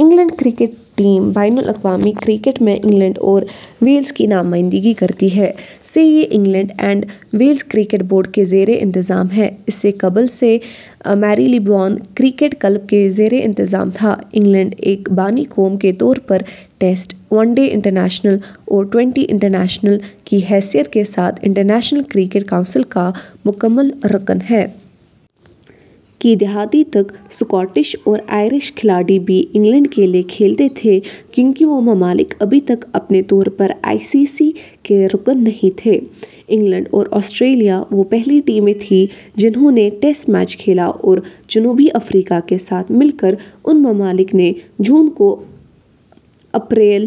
England cricket team بین الاقوامی cricket میں انگلینڈ اور ویلز کی نمائندگی کرتی ہے۔ ء سے، یہ England and Wales Cricket Board کے زیر انتظام ہے، اس سے قبل ء سے میریلیبون کرکٹ کلب کے زیر انتظام تھا انگلینڈ، ایک بانی قوم کے طور پر، ٹیسٹ ، ون ڈے انٹرنیشنل اور ٹوئنٹی انٹرنیشنل کی حیثیت کے ساتھ انٹرنیشنل کرکٹ کونسل کا مکمل رکن ہے۔ ء کی دہائی تک سکاٹش اور آئرش کھلاڑی بھی انگلینڈ کے لیے کھیلتے تھے کیونکہ وہ ممالک ابھی تک اپنے طور پر آئی سی سی کے رکن نہیں تھے۔ انگلینڈ اور آسٹریلیا وہ پہلی ٹیمیں تھیں جنھوں نے ٹیسٹ میچ کھیلا اور جنوبی افریقہ کے ساتھ مل کر، ان ممالک نے جون ء کو امپیریل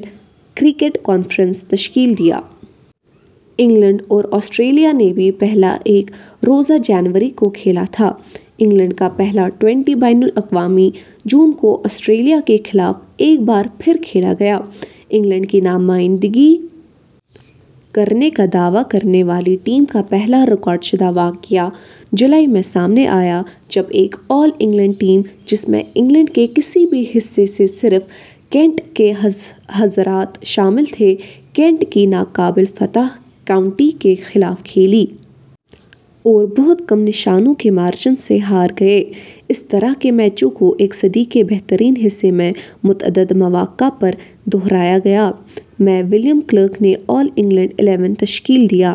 کرکٹ کانفرنس تشکیل دیا۔ انگلینڈ اور آسٹریلیا نے بھی پہلا ایک روزہ جنوری ء کو کھیلا تھا۔ انگلینڈ کا پہلا ٹوئنٹی بین الاقوامی جون ء کو آسٹریلیا کے خلاف ایک بار پھر کھیلا گیا۔ انگلینڈ کی نمائندگی کرنے کا دعویٰ کرنے والی ٹیم کا پہلا ریکارڈ شدہ واقعہ جولائی ء میں سامنے آیا جب ایک "آل انگلینڈ" ٹیم، جس میں انگلینڈ کے کسی بھی حصے سے صرف کینٹ کے حضرات شامل تھے، کینٹ کی "ناقابل فتح کاؤنٹی" کے خلاف کھیلی۔ اور "بہت کم نشانوں" کے مارجن سے ہار گئے۔ اس طرح کے میچوں کو ایک صدی کے بہترین حصے میں متعدد مواقع پر دہرایا گیا۔ ء میں ولیم کلارک نے آل انگلینڈ الیون تشکیل دیا۔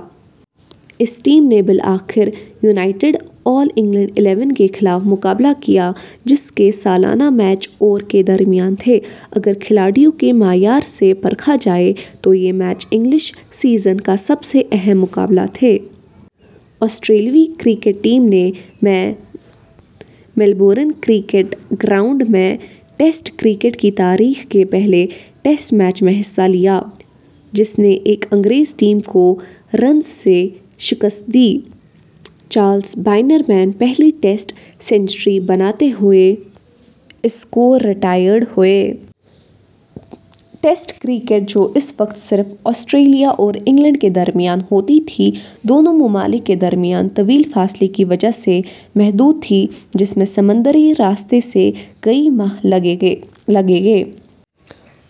اس ٹیم نے بالآخر یونائیٹڈ آل انگلینڈ الیون کے خلاف مقابلہ کیا جس کے سالانہ میچ ء اور ء کے درمیان تھے۔ اگر کھلاڑیوں کے معیار سے پرکھا جائے تو یہ میچ انگلش سیزن کا سب سے اہم مقابلہ تھے۔ آسٹریلوی کرکٹ ٹیم نے ء میں میلبورن کرکٹ گراؤنڈ میں ٹیسٹ کرکٹ کی تاریخ کے پہلے ٹیسٹ میچ میں حصہ لیا، جس نے ایک انگریز ٹیم کو رنز سے شکست دی، چارلس بینرمین پہلی ٹیسٹ سنچری بناتے ہوئے، score retired hurt. Test cricket, جو اس وقت صرف آسٹریلیا اور انگلینڈ کے درمیان ہوتی تھی، دونوں ممالک کے درمیان طویل فاصلے کی وجہ سے محدود تھی، جس میں سمندری راستے سے کئی ماہ لگیں گے۔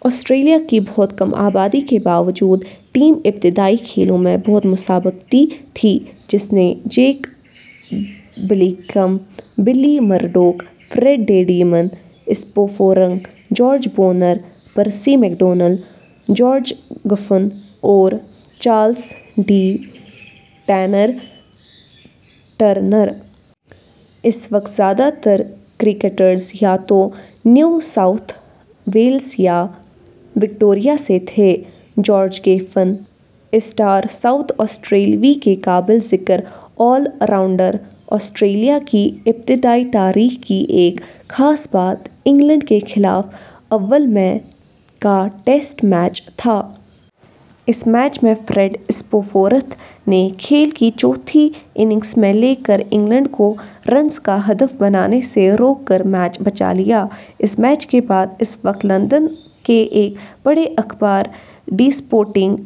آسٹریلیا کی بہت کم آبادی کے باوجود، ٹیم ابتدائی کھیلوں میں بہت مسابقتی تھی، جس نے Jack Blackham, Billy Murdoch, Fred "the Demon" Spofforth, George Bonnor, Percy McDonnell, George Giffen اور چارلس "دی ٹیرر" ٹرنر۔ اس وقت زیادہ تر کرکٹرز یا تو نیو ساؤتھ ویلز یا وکٹوریہ سے تھے، جارج گیفن، اسٹار ساؤتھ آسٹریلوی کے قابل ذکر آل راؤنڈر. آسٹریلیا کی ابتدائی تاریخ کی ایک خاص بات انگلینڈ کے خلاف اوول میں ء کا ٹیسٹ میچ تھا۔ اس میچ میں فریڈ اسپوفورتھ نے کھیل کی چوتھی اننگز میں / لے کر انگلینڈ کو رنز کا ہدف بنانے سے روک کر میچ بچا لیا۔ اس میچ کے بعد اس وقت لندن کے ایک بڑے اخبار دی سپورٹنگ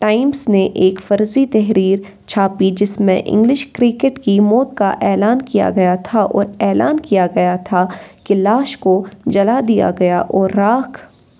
ٹائمز نے ایک فرضی تحریر چھاپی جس میں انگلش کرکٹ کی موت کا اعلان کیا گیا تھا اور اعلان کیا گیا تھا کہ لاش کو جلا دیا گیا اور راکھ۔